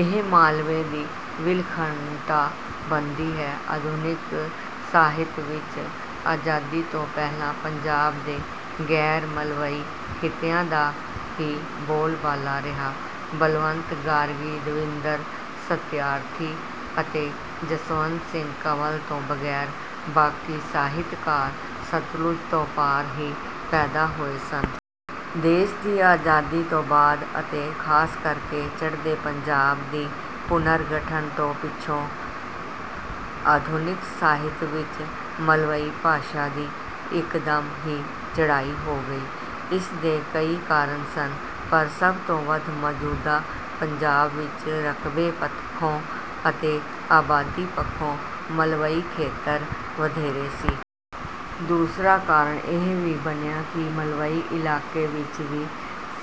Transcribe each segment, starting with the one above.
ਇਹ ਮਾਲਵੇ ਦੀ ਵਿਲੱਖਣਤਾ ਬਣਦੀ ਹੈ। ਆਧੁਨਿਕ ਸਾਹਿਤ ਵਿੱਚ ਆਜ਼ਾਦੀ ਤੋਂ ਪਹਿਲਾਂ ਪੰਜਾਬ ਦੇ ਗੈਰ ਮਲਵਈ ਖਿੱਤਿਆਂ ਦਾ ਹੀ ਬੋਲਬਾਲਾ ਰਿਹਾ। ਬਲਵੰਤ ਗਾਰਗੀ ਦਵਿੰਦਰ ਸਤਿਆਰਥੀ ਅਤੇ ਜਸਵੰਤ ਸਿੰਘ ਕੰਵਲ ਤੋਂ ਬਗੈਰ ਬਾਕੀ ਸਾਹਿਤਕਾਰ ਸਤਲੁਜ ਤੋਂ ਪਾਰ ਹੀ ਪੈਦਾ ਹੋਏ ਸਨ। ਦੇਸ਼ ਦੀ ਆਜ਼ਾਦੀ ਤੋਂ ਬਾਅਦ ਅਤੇ ਖਾਸ ਕਰਕੇ ਚੜ੍ਹਦੇ ਪੰਜਾਬ ਦੀ ਪੁਨਰ ਗਠਨ ਤੋਂ ਪਿੱਛੋਂ ਆਧੁਨਿਕ ਸਾਹਿਤ ਵਿੱਚ ਮਲਵਈ ਭਾਸ਼ਾ ਦੀ ਇਕਦਮ ਹੀ ਚੜ੍ਹਾਈ ਹੋ ਗਈ। ਇਸ ਦੇ ਕਈ ਕਾਰਨ ਸਨ ਪਰ ਸਭ ਤੋਂ ਵੱਧ ਮੌਜੂਦਾ ਪੰਜਾਬ ਵਿੱਚ ਰਕਬੇ ਪੱਖੋਂ ਅਤੇ ਆਬਾਦੀ ਪੱਖੋਂ ਮਲਵਈ ਖੇਤਰ ਵਧੇਰੇ ਸੀ। ਦੂਸਰਾ ਕਾਰਨ ਇਹ ਵੀ ਬਣਿਆ ਕਿ ਮਲਵਈ ਇਲਾਕੇ ਵਿੱਚ ਵੀ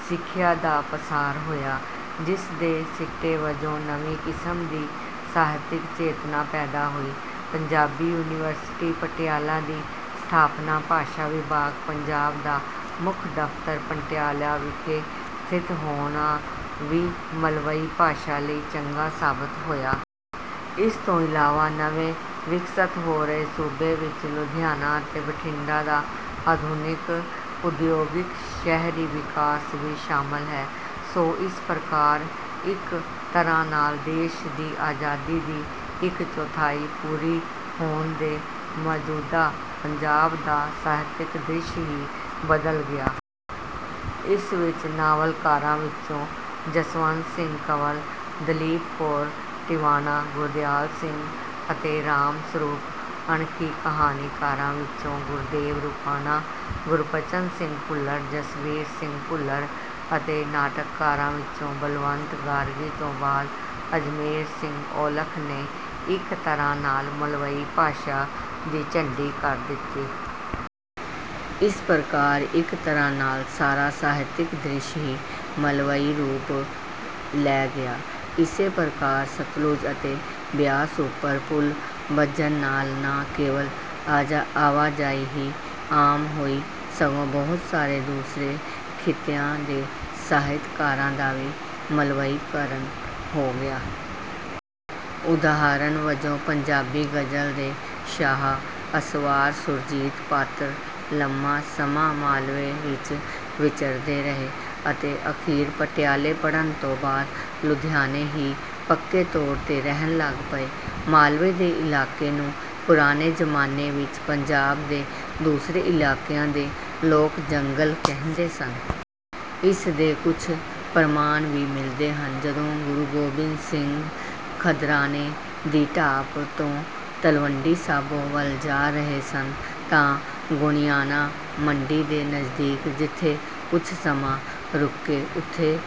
ਸਿੱਖਿਆ ਦਾ ਪਸਾਰ ਹੋਇਆ ਜਿਸ ਦੇ ਸਿੱਟੇ ਵਜੋਂ ਨਵੀਂ ਕਿਸਮ ਦੀ ਸਾਹਿਤਕ ਚੇਤਨਾ ਪੈਦਾ ਹੋਈ। ਪੰਜਾਬੀ ਯੂਨੀਵਰਸਿਟੀ ਪਟਿਆਲਾ ਦੀ ਸਥਾਪਨਾ ਭਾਸ਼ਾ ਵਿਭਾਗ ਪੰਜਾਬ ਦਾ ਮੁੱਖ ਦਫਤਰ ਪਟਿਆਲਾ ਵਿਖੇ ਸਥਿਤ ਹੋਣਾ ਵੀ ਮਲਵਈ ਭਾਸ਼ਾ ਲਈ ਚੰਗਾ ਸਾਬਤ ਹੋਇਆ। ਇਸ ਤੋਂ ਇਲਾਵਾ ਨਵੇਂ ਵਿਕਸਤ ਹੋ ਰਹੇ ਸੂਬੇ ਵਿੱਚ ਲੁਧਿਆਣਾ ਅਤੇ ਬਠਿੰਡਾ ਦਾ ਆਧੁਨਿਕ ਉਦਯੋਗਿਕ ਸ਼ਹਿਰੀ ਵਿਕਾਸ ਵੀ ਸ਼ਾਮਲ ਹੈ। ਸੋ ਇਸ ਪ੍ਰਕਾਰ ਇੱਕ ਤਰ੍ਹਾਂ ਨਾਲ ਦੇਸ਼ ਦੀ ਆਜ਼ਾਦੀ ਦੀ ਇੱਕ ਚੌਥਾਈ ਪੂਰੀ ਹੋਣ ਤੇ ਮੌਜੂਦਾ ਪੰਜਾਬ ਦਾ ਸਾਹਿਤਕ ਦ੍ਰਿਸ਼ ਹੀ ਬਦਲ ਗਿਆ। ਇਸ ਵਿੱਚ ਨਾਵਲਕਾਰਾਂ ਵਿੱਚੋਂ ਜਸਵੰਤ ਸਿੰਘ ਕੰਵਲ ਦਲੀਪ ਕੌਰ ਟਿਵਾਣਾ ਗੁਰਦਿਆਲ ਸਿੰਘ ਅਤੇ ਰਾਮ ਸਰੂਪ ਅਣਖੀ ਕਹਾਣੀਕਾਰਾਂ ਵਿੱਚੋਂ ਗੁਰਦੇਵ ਰੁਪਾਣਾ ਗੁਰਬਚਨ ਸਿੰਘ ਭੁੱਲਰ ਜਸਬੀਰ ਸਿੰਘ ਭੁੱਲਰ ਅਤੇ ਨਾਟਕਕਾਰਾਂ ਵਿੱਚੋਂ ਬਲਵੰਤ ਗਾਰਗੀ ਤੋਂ ਬਾਅਦ ਅਜਮੇਰ ਸਿੰਘ ਔਲਖ ਨੇ ਇੱਕ ਤਰ੍ਹਾਂ ਨਾਲ ਮਲਵਈ ਭਾਸ਼ਾ ਦੀ ਝੰਡੀ ਕਰ ਦਿੱਤੀ। ਇਸ ਪ੍ਰਕਾਰ ਇੱਕ ਤਰ੍ਹਾਂ ਨਾਲ ਸਾਰਾ ਸਾਹਿਤਕ ਦ੍ਰਿਸ਼ ਹੀ ਮਲਵਈ ਰੂਪ ਲੈ ਗਿਆ। ਇਸੇ ਪ੍ਰਕਾਰ ਸਤਲੁਜ ਅਤੇ ਬਿਆਸ ਉਪਰ ਪੁਲ ਬੱਝਣ ਨਾਲ ਨਾ ਕੇਵਲ ਆਵਾਜਾਈ ਹੀ ਆਮ ਹੋਈ ਸਗੋਂ ਬਹੁਤ ਸਾਰੇ ਦੂਸਰੇ ਖਿੱਤਿਆਂ ਦੇ ਸਾਹਿਤਕਾਰਾਂ ਦਾ ਵੀ ਮਲਵਈਕਰਨ ਹੋ ਗਿਆ। ਉਦਾਹਰਨ ਵਜੋਂ ਪੰਜਾਬੀ ਗ਼ਜ਼ਲ ਦੇ ਸ਼ਾਹ ਅਸਵਾਰ ਸੁਰਜੀਤ ਪਾਤਰ ਲੰਮਾ ਸਮਾਂ ਮਾਲਵੇ ਵਿੱਚ ਵਿਚਰਦੇ ਰਹੇ ਅਤੇ ਅਖੀਰ ਪਟਿਆਲੇ ਪੜ੍ਹਨ ਤੋਂ ਬਾਅਦ ਲੁਧਿਆਣੇ ਹੀ ਪੱਕੇ ਤੌਰ ਤੇ ਰਹਿਣ ਲੱਗ ਪਏ। ਮਾਲਵੇ ਦੇ ਇਲਾਕੇ ਨੂੰ ਪੁਰਾਣੇ ਜ਼ਮਾਨੇ ਵਿੱਚ ਪੰਜਾਬ ਦੇ ਦੂਸਰੇ ਇਲਾਕਿਆਂ ਦੇ ਲੋਕ ਜੰਗਲ ਕਹਿੰਦੇ ਸਨ। ਇਸ ਦੇ ਕੁਝ ਪ੍ਰਮਾਣ ਵੀ ਮਿਲਦੇ ਹਨ। ਜਦੋਂ ਗੁਰੂ ਗੋਬਿੰਦ ਸਿੰਘ ਖਦਰਾਣੇ ਦੀ ਢਾਬ ਤੋਂ ਤਲਵੰਡੀ ਸਾਬੋ ਵੱਲ ਜਾ ਰਹੇ ਸਨ ਤਾਂ ਗੋਨਿਆਣਾ ਮੰਡੀ ਦੇ ਨਜ਼ਦੀਕ ਜਿੱਥੇ ਕੁਝ ਸਮਾਂ ਰੁਕੇ ਉਥੇ